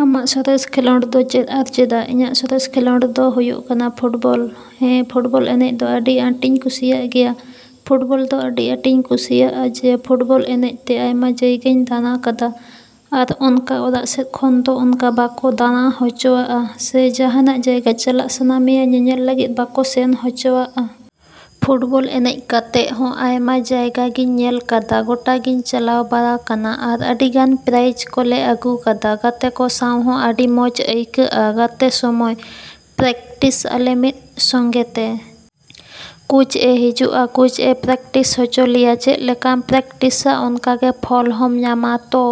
ᱟᱢᱟᱜ ᱥᱚᱨᱮᱥ ᱠᱷᱮᱞᱳᱰ ᱫᱚ ᱪᱮᱫ ᱟᱨ ᱪᱮᱫᱟᱜ? ᱤᱧᱟᱹᱜ ᱥᱚᱨᱮᱥ ᱠᱷᱮᱞᱳᱰ ᱫᱚ ᱦᱩᱭᱩᱜ ᱠᱟᱱᱟ ᱯᱷᱩᱴᱵᱚᱞ ᱦᱮᱸ ᱯᱷᱩᱴᱵᱚᱞ ᱮᱱᱮᱡ ᱫᱚ ᱟᱹᱰᱤ ᱟᱸᱴᱤᱧ ᱠᱩᱥᱤᱭᱟᱜ ᱜᱮᱭᱟ᱾ ᱯᱷᱩᱴᱵᱚᱞ ᱫᱚ ᱟᱹᱰᱤ ᱟᱸᱴᱤᱧ ᱠᱩᱥᱤᱭᱟᱜᱼᱟ ᱡᱮ ᱯᱷᱩᱴᱵᱚᱞ ᱮᱱᱮᱡ ᱛᱮ ᱟᱭᱢᱟ ᱡᱟᱭᱜᱟᱧ ᱫᱟᱬᱟ ᱠᱟᱫᱟ ᱟᱨ ᱚᱱᱠᱟ ᱚᱲᱟᱜ ᱥᱮᱫ ᱠᱷᱚᱱ ᱫᱚ ᱚᱱᱠᱟ ᱵᱟᱠᱚ ᱫᱟᱬᱟ ᱦᱚᱪᱚ ᱟᱜᱼᱟ ᱥᱮ ᱡᱟᱸᱦᱟᱱᱟᱜ ᱡᱟᱭᱜᱟ ᱪᱟᱞᱟᱜ ᱥᱟᱱᱟ ᱢᱮᱭᱟ ᱧᱮᱧᱮᱞ ᱞᱟᱹᱜᱤᱫ ᱵᱟᱠᱚ ᱥᱮᱱ ᱦᱚᱪᱚ ᱟᱜᱼᱟ᱾ ᱯᱷᱩᱴᱵᱚᱞ ᱮᱱᱮᱡ ᱠᱟᱛᱮᱜ ᱦᱚᱸ ᱟᱭᱢᱟ ᱡᱟᱭᱜᱟᱜᱤᱧ ᱧᱮᱞ ᱠᱟᱫᱟ ᱜᱳᱴᱟ ᱜᱤᱧ ᱪᱟᱞᱟᱣ ᱵᱟᱲᱟ ᱠᱟᱱᱟ ᱟᱨ ᱟᱹᱰᱤᱜᱟᱱ ᱯᱨᱟᱭᱤᱡ ᱠᱚᱞᱮ ᱟᱹᱜᱩ ᱠᱟᱫᱟ᱾ ᱜᱟᱛᱮ ᱠᱚ ᱥᱟᱶ ᱦᱚᱸ ᱟᱹᱰᱤ ᱢᱚᱸᱡ ᱟᱹᱭᱠᱟᱹᱜᱼᱟ ᱜᱟᱛᱮᱜ ᱥᱚᱢᱚᱭ᱾ ᱯᱨᱮᱠᱴᱤᱥ ᱟᱞᱮ ᱢᱤᱫ ᱥᱚᱝᱜᱮ ᱛᱮ᱾ ᱠᱳᱪ ᱮ ᱦᱤᱡᱩᱜᱼᱟ ᱠᱳᱪ ᱮ ᱯᱨᱮᱠᱴᱤᱥ ᱦᱚᱪᱚ ᱞᱮᱭᱟ᱾ ᱪᱮᱫ ᱞᱮᱠᱟᱢ ᱯᱨᱮᱠᱴᱤᱥᱟᱼᱟ ᱚᱱᱠᱟ ᱜᱮ ᱯᱷᱚᱞ ᱦᱚᱢ ᱧᱟᱢᱼᱟ᱾ ᱛᱳ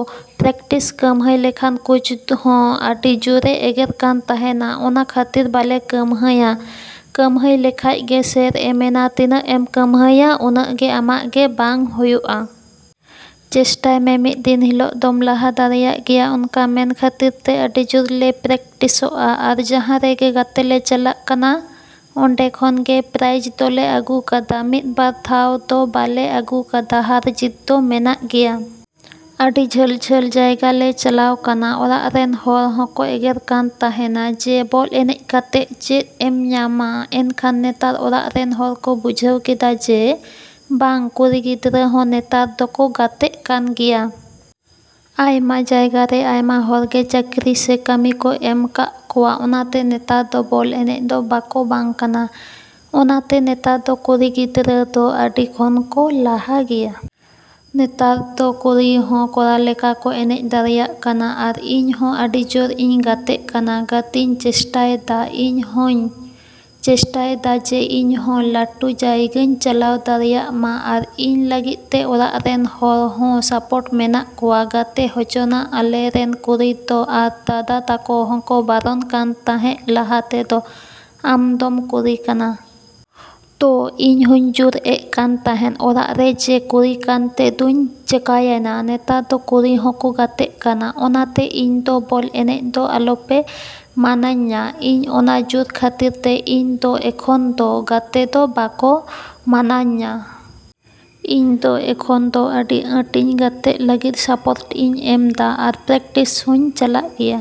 ᱯᱨᱮᱠᱴᱤᱥ ᱠᱟᱹᱢᱦᱟᱹᱭ ᱞᱮᱠᱷᱟᱱ ᱠᱳᱪ ᱦᱚᱸ ᱟᱹᱰᱤ ᱡᱳᱨᱮ ᱮᱜᱮᱨ ᱠᱟᱱ ᱛᱟᱸᱦᱮᱱᱟ᱾ ᱚᱱᱟ ᱠᱷᱟᱹᱛᱤᱨ ᱵᱟᱞᱮ ᱠᱟᱹᱢᱦᱟᱹᱭᱼᱟ᱾ ᱠᱟᱹᱢᱦᱟᱹᱭ ᱞᱮᱠᱷᱟᱡ ᱜᱮ ᱥᱮᱨ ᱮ ᱢᱮᱱᱟ ᱛᱤᱱᱟᱹᱜ ᱮᱢ ᱠᱟᱢᱦᱟᱹᱭᱟ ᱩᱱᱟᱹᱜ ᱜᱮ ᱟᱢᱟᱜ ᱜᱮ ᱵᱟᱝ ᱦᱩᱭᱩᱜᱼᱟ᱾ ᱪᱮᱥᱴᱟᱭ ᱢᱮ ᱢᱤᱫ ᱫᱤᱱ ᱦᱤᱞᱳᱜ ᱫᱚᱢ ᱞᱟᱦᱟ ᱫᱟᱲᱮᱭᱟᱜ ᱜᱮᱭᱟ᱾ ᱚᱱᱠᱟ ᱢᱮᱱ ᱠᱷᱟᱹᱛᱤᱨ ᱛᱮ ᱟᱹᱰᱤ ᱡᱳᱨ ᱞᱮ ᱯᱨᱮᱠᱴᱤᱥᱚᱜᱼᱟ ᱟᱨ ᱡᱟᱸᱦᱟ ᱨᱮᱜᱮ ᱜᱟᱛᱮ ᱞᱮ ᱪᱟᱞᱟᱜ ᱠᱟᱱᱟ ᱚᱱᱰᱮ ᱠᱷᱚᱱ ᱜᱮ ᱯᱨᱟᱭᱤᱡ ᱫᱚᱞᱮ ᱟᱹᱜᱩ ᱠᱟᱫᱟ᱾ ᱢᱤᱫ ᱵᱟᱨ ᱫᱷᱟᱣ ᱫᱚ ᱵᱟᱞᱮ ᱟᱹᱜᱩ ᱠᱟᱫᱟ ᱦᱟᱨ ᱡᱤᱛ ᱫᱚ ᱢᱮᱱᱟᱜ ᱜᱮᱭᱟ᱾ ᱟᱹᱰᱤ ᱡᱷᱟᱹᱞ ᱡᱷᱟᱹᱞ ᱡᱟᱭᱜᱟ ᱞᱮ ᱪᱟᱞᱟᱣ ᱠᱟᱱᱟ᱾ ᱚᱲᱟᱜ ᱨᱮᱱ ᱦᱚᱲ ᱦᱚᱸᱠᱚ ᱮᱜᱮᱨ ᱠᱟᱱ ᱛᱟᱸᱦᱮᱱᱟ ᱡᱮ ᱵᱚᱞ ᱮᱱᱮᱡ ᱠᱟᱛᱮᱜ ᱪᱮᱫ ᱮᱢ ᱧᱟᱢᱟ? ᱮᱱᱠᱷᱟᱱ ᱱᱮᱛᱟᱨ ᱚᱲᱟᱜ ᱨᱮᱱ ᱦᱚᱲ ᱠᱚ ᱵᱩᱡᱷᱟᱹᱣ ᱠᱮᱫᱟ ᱡᱮ ᱵᱟᱝ ᱠᱩᱲᱤ ᱜᱤᱫᱽᱨᱟᱹ ᱦᱚᱸ ᱱᱮᱛᱟᱨ ᱫᱚᱠᱚ ᱜᱟᱛᱮᱜ ᱠᱟᱱ ᱜᱮᱭᱟ᱾ ᱟᱭᱢᱟ ᱡᱟᱭᱜᱟ ᱨᱮ ᱟᱭᱢᱟ ᱦᱚᱲ ᱜᱮ ᱪᱟᱹᱠᱨᱤ ᱥᱮ ᱠᱟᱹᱢᱤ ᱠᱚ ᱮᱢ ᱠᱟᱜ ᱠᱚᱣᱟ᱾ ᱚᱱᱟᱛᱮ ᱱᱮᱛᱟᱨ ᱫᱚ ᱵᱚᱞ ᱮᱱᱮᱡ ᱫᱚ ᱵᱟᱠᱚ ᱵᱟᱝ ᱠᱟᱱᱟ᱾ ᱚᱱᱟᱛᱮ ᱱᱮᱛᱟᱨ ᱫᱚ ᱠᱩᱲᱤ ᱜᱤᱫᱽᱨᱟᱹ ᱫᱚ ᱟᱹᱰᱤ ᱠᱷᱚᱱ ᱠᱚ ᱞᱟᱦᱟ ᱜᱮᱭᱟ᱾ ᱱᱮᱛᱟᱨ ᱫᱚ ᱠᱩᱲᱤ ᱦᱚᱸ ᱠᱚᱲᱟ ᱞᱮᱠᱟ ᱠᱚ ᱮᱱᱮᱡ ᱫᱟᱲᱮᱭᱟᱜ ᱠᱟᱱᱟ᱾ ᱟᱨ ᱤᱧ ᱦᱚᱸ ᱟᱹᱰᱤ ᱡᱳᱨ ᱤᱧ ᱜᱟᱛᱮᱜ ᱠᱟᱱᱟ ᱜᱟᱛᱮᱧ ᱪᱮᱥᱴᱟᱭ ᱫᱟ᱾ ᱤᱧ ᱦᱚᱧ ᱪᱮᱥᱴᱟᱭ ᱫᱟ ᱡᱮ ᱤᱧ ᱦᱚᱸ ᱞᱟᱹᱴᱩ ᱡᱟᱭᱜᱟᱧ ᱪᱟᱞᱟᱣ ᱫᱟᱲᱮᱭᱟᱜᱼᱢᱟ ᱟᱨ ᱤᱧ ᱞᱟᱹᱜᱤᱫ ᱛᱮ ᱚᱲᱟᱜ ᱨᱮᱱ ᱦᱚᱲ ᱦᱚᱸ ᱥᱟᱯᱳᱴ ᱢᱮᱱᱟᱜ ᱠᱚᱣᱟ ᱜᱟᱛᱮ ᱦᱚᱪᱚᱱᱟ ᱟᱞᱮ ᱨᱮᱱ ᱠᱩᱲᱤ ᱫᱚ ᱟᱨ ᱫᱟᱫᱟ ᱛᱟᱠᱚ ᱦᱚᱸᱠᱚ ᱵᱟᱨᱚᱱ ᱠᱟᱱ ᱛᱟᱸᱦᱮᱜ ᱞᱟᱦᱟ ᱛᱮᱫᱚ ᱟᱢ ᱫᱚᱢ ᱠᱩᱲᱤ ᱠᱟᱱᱟ᱾ ᱛᱳ ᱤᱧ ᱦᱚᱧ ᱡᱳᱨ ᱮᱜ ᱠᱟᱱ ᱛᱟᱸᱦᱮᱱ ᱚᱲᱟᱜ ᱨᱮ ᱡᱮ ᱠᱩᱲᱤ ᱠᱟᱱ ᱛᱮᱫᱳᱧ ᱪᱤᱠᱟᱭᱮᱱᱟ? ᱱᱮᱛᱟᱨ ᱫᱚ ᱠᱩᱲᱤ ᱦᱚᱸᱠᱚ ᱜᱟᱛᱮᱜ ᱠᱟᱱᱟ᱾ ᱚᱱᱟᱛᱮ ᱤᱧ ᱫᱚ ᱵᱚᱞ ᱮᱱᱮᱡ ᱫᱚ ᱟᱞᱚᱯᱮ ᱢᱟᱱᱟᱧᱟ᱾ ᱤᱧ ᱚᱱᱟ ᱡᱳᱨ ᱠᱷᱟᱹᱛᱤᱨ ᱛᱮ ᱤᱧ ᱫᱚ ᱮᱠᱷᱚᱱ ᱫᱚ ᱜᱟᱛᱮᱜ ᱫᱚ ᱵᱟᱠᱚ ᱢᱟᱱᱟᱧᱟ᱾ ᱤᱧ ᱫᱚ ᱮᱠᱷᱚᱱ ᱫᱚ ᱟᱹᱰᱤ ᱟᱸᱴᱤᱧ ᱜᱟᱛᱮᱜ ᱞᱟᱹᱜᱤᱫ ᱥᱟᱯᱳᱨᱴ ᱤᱧ ᱮᱢ ᱫᱟ ᱟᱨ ᱯᱨᱮᱠᱴᱤᱥ ᱦᱚᱧ ᱪᱟᱞᱟᱜ ᱜᱮᱭᱟ।